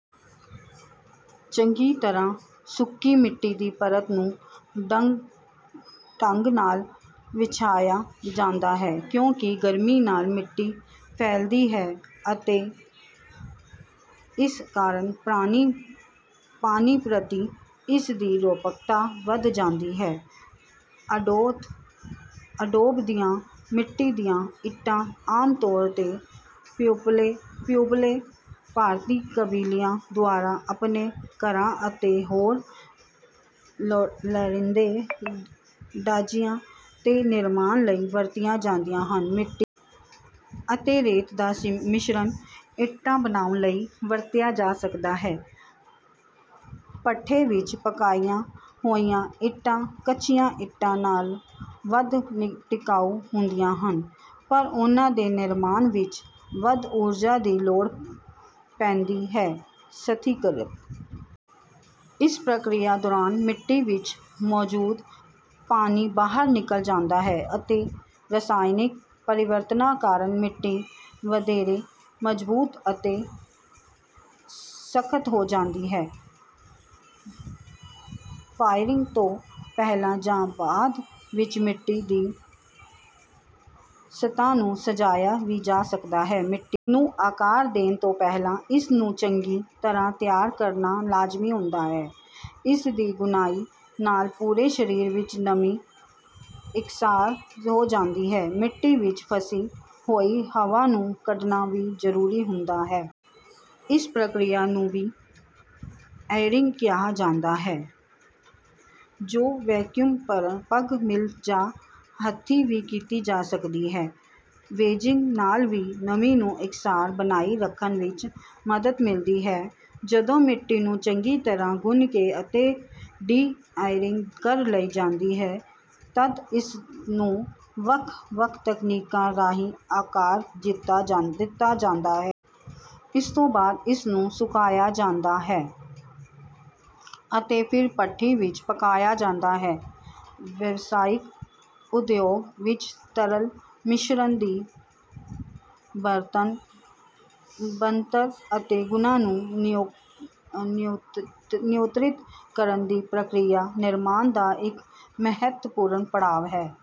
ਚੰਗੀ ਤਰ੍ਹਾਂ ਸੁੱਕੀ ਮਿੱਟੀ ਦੀ ਪਰਤ ਨੂੰ ਢੰਗ ਨਾਲ ਵਿਛਾਇਆ ਜਾਂਦਾ ਹੈ, ਕਿਉਂਕਿ ਗਰਮੀ ਨਾਲ ਮਿੱਟੀ ਫੈਲਦੀ ਹੈ ਅਤੇ ਇਸ ਕਾਰਨ ਪਾਣੀ ਪ੍ਰਤੀ ਇਸ ਦੀ ਰੋਧਕਤਾ ਵਧ ਜਾਂਦੀ ਹੈ ਅਡੋਬ ਦੀਆਂ ਮਿੱਟੀ ਦੀਆਂ ਇੱਟਾਂ ਆਮ ਤੌਰ ’ਤੇ ਪਿਊਬਲੋ ਭਾਰਤੀ ਕਬੀਲਿਆਂ ਦੁਆਰਾ ਆਪਣੇ ਘਰਾਂ ਅਤੇ ਹੋਰ ਲੋੜੀਂਦੇ ਢਾਂਚਿਆਂ ਦੇ ਨਿਰਮਾਣ ਲਈ ਵਰਤੀਆਂ ਜਾਂਦੀਆਂ ਸਨ। ਮਿੱਟੀ ਅਤੇ ਰੇਤ ਦਾ ਮਿਸ਼ਰਣ ਇੱਟਾਂ ਬਣਾਉਣ ਲਈ ਵਰਤਿਆ ਜਾ ਸਕਦਾ ਹੈ। ਭੱਠੇ ਵਿੱਚ ਪਕਾਈਆਂ ਹੋਈਆਂ ਇੱਟਾਂ ਕੱਚੀਆਂ ਇੱਟਾਂ ਨਾਲੋਂ ਵੱਧ ਟਿਕਾਊ ਹੁੰਦੀਆਂ ਹਨ, ਪਰ ਉਨ੍ਹਾਂ ਦੇ ਨਿਰਮਾਣ ਵਿੱਚ ਵੱਧ ਊਰਜਾ ਦੀ ਲੋੜ ਪੈਂਦੀ ਹੈ। ਸਥਿਰੀਕ੍ਰਿਤ ਇਸ ਪ੍ਰਕਿਰਿਆ ਦੌਰਾਨ ਮਿੱਟੀ ਵਿੱਚ ਮੌਜੂਦ ਪਾਣੀ ਬਾਹਰ ਨਿਕਲ ਜਾਂਦਾ ਹੈ ਅਤੇ ਰਸਾਇਣਕ ਪਰਿਵਰਤਨਾਂ ਕਾਰਨ ਮਿੱਟੀ ਵਧੇਰੇ ਮਜ਼ਬੂਤ ਅਤੇ ਸਖ਼ਤ ਹੋ ਜਾਂਦੀ ਹੈ। ਫਾਇਰਿੰਗ ਤੋਂ ਪਹਿਲਾਂ ਜਾਂ ਬਾਅਦ ਵਿੱਚ ਮਿੱਟੀ ਦੀ ਸਤ੍ਹਾ ਨੂੰ ਸਜਾਇਆ ਵੀ ਜਾ ਸਕਦਾ ਹੈ। ਮਿੱਟੀ ਨੂੰ ਆਕਾਰ ਦੇਣ ਤੋਂ ਪਹਿਲਾਂ ਇਸ ਨੂੰ ਚੰਗੀ ਤਰ੍ਹਾਂ ਤਿਆਰ ਕਰਨਾ ਲਾਜ਼ਮੀ ਹੁੰਦਾ ਹੈ। ਇਸ ਦੀ ਗੁੰਨਾਈ ਨਾਲ ਪੂਰੇ ਸਰੀਰ ਵਿੱਚ ਨਮੀ ਇੱਕਸਾਰ ਹੋ ਜਾਂਦੀ ਹੈ। ਮਿੱਟੀ ਵਿੱਚ ਫਸੀ ਹੋਈ ਹਵਾ ਨੂੰ ਕੱਢਣਾ ਵੀ ਜ਼ਰੂਰੀ ਹੁੰਦਾ ਹੈ। ਇਸ ਪ੍ਰਕਿਰਿਆ ਨੂੰ ਡੀ-ਏਅਰਿੰਗ ਕਿਹਾ ਜਾਂਦਾ ਹੈ, ਜੋ ਵੈਕਿਊਮ ਪਗ ਮਿਲ ਜਾਂ ਹੱਥੀਂ ਵੀ ਕੀਤੀ ਜਾ ਸਕਦੀ ਹੈ। ਵੇਜਿੰਗ ਨਾਲ ਵੀ ਨਮੀ ਨੂੰ ਇੱਕਸਾਰ ਬਣਾਈ ਰੱਖਣ ਵਿੱਚ ਮਦਦ ਮਿਲਦੀ ਹੈ। ਜਦੋਂ ਮਿੱਟੀ ਨੂੰ ਚੰਗੀ ਤਰ੍ਹਾਂ ਗੁੰਨ ਕੇ ਅਤੇ ਡੀ-ਏਅਰਿੰਗ ਕਰ ਲਈ ਜਾਂਦੀ ਹੈ, ਤਦ ਇਸ ਨੂੰ ਵੱਖ-ਵੱਖ ਤਕਨੀਕਾਂ ਰਾਹੀਂ ਆਕਾਰ ਦਿੱਤਾ ਜਾਂਦਾ ਹੈ। ਇਸ ਤੋਂ ਬਾਅਦ ਇਸ ਨੂੰ ਸੁਕਾਇਆ ਜਾਂਦਾ ਹੈ ਅਤੇ ਫਿਰ ਭੱਠੀ ਵਿੱਚ ਪਕਾਇਆ ਜਾਂਦਾ ਹੈ ਵਸਰਾਵਿਕ ਉਦਯੋਗ ਵਿੱਚ ਤਰਲ ਮਿਸ਼ਰਣ ਦੀ ਬਣਤਰ ਅਤੇ ਗੁਣਾਂ ਨੂੰ ਨਿਯੰਤਰਿਤ ਕਰਨ ਦੀ ਪ੍ਰਕਿਰਿਆ ਨਿਰਮਾਣ ਦਾ ਇੱਕ ਮਹੱਤਵਪੂਰਨ ਪੜਾਅ ਹੈ।